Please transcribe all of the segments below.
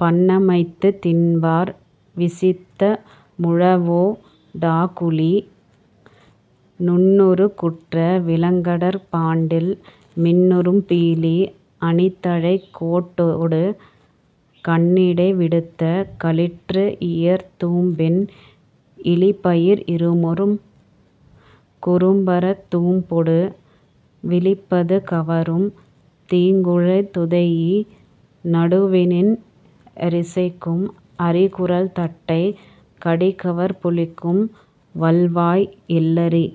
பண்ணமைத்துத் திண்வார் விசித்த முழவொ டாகுளி நுண்ணுருக் குற்ற விளங்கடர்ப் பாண்டில் மின்னிரும் பீலி அணித்தழைக் கோட்டொடு கண்ணிடை விடுத்த களிற்றுயிர்த் தூம்பின் இளிப்பயிர் இமிரும் குறும்பரந் தூம்பொடு விளிப்பது கவரும் தீங்குழல் துதைஇ நடுவுநின் றிசைக்கும் அரிக்குரல் தட்டை கடிகவர் பொலிக்கும் வல்வாய் எல்லரி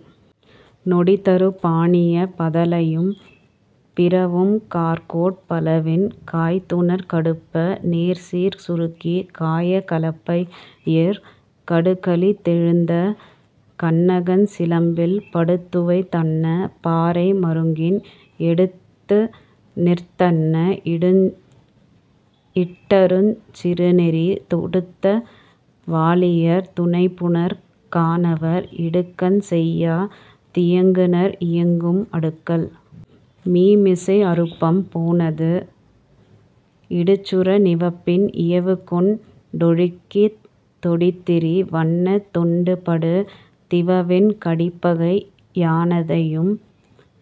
நொடிதரு பாணிய பதலையும் பிறவும் கார்கோட் பலவின் காய்த்துணர் கடுப்ப நேர்சீர் சுருக்கிக் காய கலப்பையிர் கடுக்கலித் தெழுந்த கண்ணகன் சிலம்பில் படுத்துவைத் தன்ன பாறை மருங்கின் எடுத்துநிறுத் தன்ன இட்டருஞ் சிறுநெறி தொடுத்த வாளியர் துணைபுணர் கானவர் இடுக்கண் செய்யா தியங்குநர் இயக்கும் அடுக்கல் மீமிசை அருப்பம் பேணாது இடிச்சுர நிவப்பின் இயவுக்கொண் டொழுகித் தொடித்திரி வன்ன தொண்டுபடு திவவின் கடிப்பகை யனைத்தும்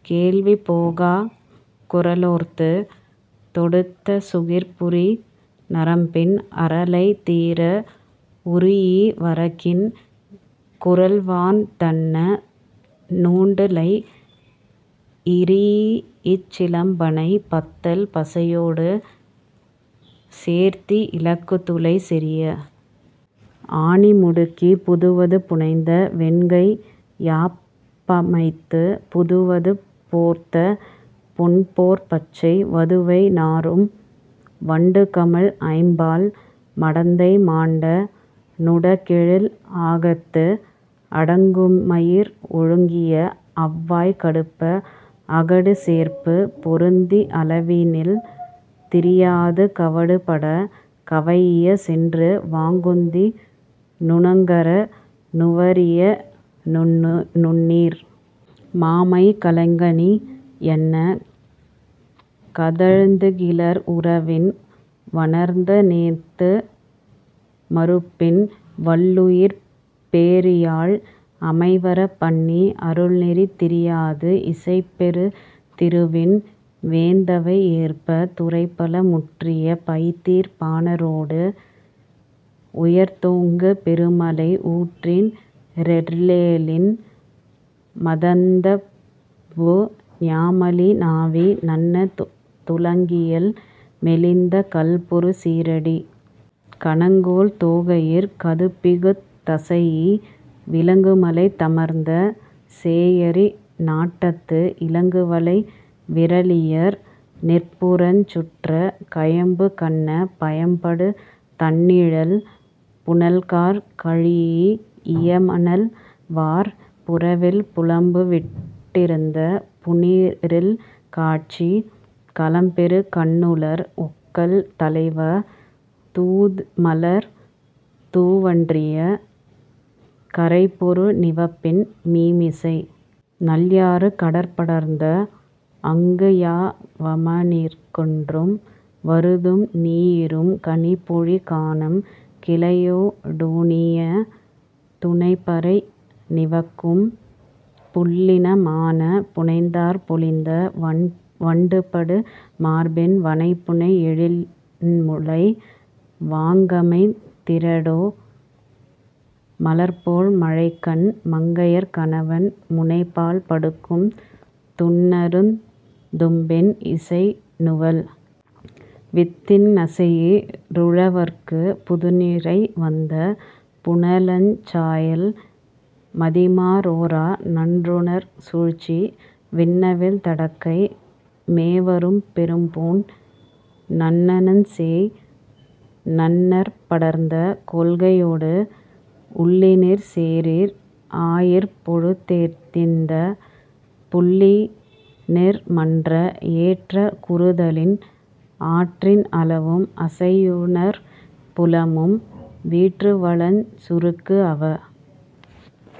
கேள்வி போகாக் குரலோர்த்துத் தொடுத்த சுகிர்புரி நரம்பின் அரலை தீர உரீஇ வரகின் குரல்வார்ந் தன்ன நுண்டுளை இரீஇச் சிலம்பமை பத்தல் பசையொடு சேர்த்தி இலங்குதுளை செறிய ஆணி முடுக்கிப் புதுவது புனைந்த வெண்கை யாப்பமைத்துப் புதுவது போர்த்த பொன்போற் பச்சை வதுவை நாறும் வண்டுகமழ் ஐம்பால் மடந்தை மாண்ட நுடங்கெழில் ஆகத்து அடங்குமயிர் ஒழுகிய அவ்வாய் கடுப்ப அகடுசேர்பு பொருந்தி அளவினில் திரியாது கவடுபடக் கவைஇய சென்றுவாங் குந்தி நுணங்கர நுவறிய நுண்ணீர் மாமைக் களங்கனி யன்ன கதழ்ந்துகிளர் உருவின் வணர்ந்தேந்து மருப்பின் வள்ளுயிர்ப் பேரியாழ் அமைவரப் பண்ணி அருள்நெறி திரியாது இசைபெறு திருவின் வேத்தவை ஏற்பத் துறைபல முற்றிய பைதீர் பாணரொடு உயர்ந்தோங்கு பெருமலை ஊறின் றேறலின் மதந்தபு ஞமலி நாவி நன்ன துளங்கியல் மெலிந்த கல்பொரு சீறடிக் கணங்கொள் தோகையிற் கதுப்பிகுத் தசைஇ விலங்குமலைத் தமர்ந்த சேயரி நாட்டத்து இலங்குவளை விறலியர் நிற்புறஞ் சுற்றக் கயம்புக் கன்ன பயம்படு தண்ணிழல் புனல்கால் கழீஇய மணல்வார் புறவில் புலம்புவிட் டிருந்த புனிறில் காட்சிக் கலம்பெறு கண்ணுளர் ஒக்கல் தலைவ தூமலர் துவன்றிய கரைபொரு நிவப்பின் மீமிசை நல்யாறு கடற்படர்ந் தாஅங்கு யாமவ ணின்றும் வருதும் நீயிரும் கனிபொழி கானம் கிளையொ டுணீஇய துனைபறை நிவக்கும் புள்ளின மானப் புனைதார்ப் பொலிந்த வண்டுபடு மார்பின் வனைபுனை எழின்முலை வாங்கமைத் திரடோ ள் மலர்போல் மழைக்கண் மங்கையர் கணவன் முனைபாழ் படுக்கும் துன்னருந் துப்பின் இசைநுவல் வித்தின் நசையே ருழவர்க்குப் புதுநிறை வந்த புனலஞ் சாயல் மதிமா றோரா நன்றுணர் சூழ்ச்சி வின்னவில் தடக்கை மேவரும் பெரும்பூண் நன்னன்சேய் நன்னற் படர்ந்த கொள்கையொடு உள்ளினிர் சேறிர் ஆயிற் பொழுதெதிர்ந்த புள்ளினிர் மன்ற எற்றாக் குறுதலின் ஆற்றின் அளவும் அசையுநற் புலமும் வீற்றுவளஞ் சுரக்குஅவ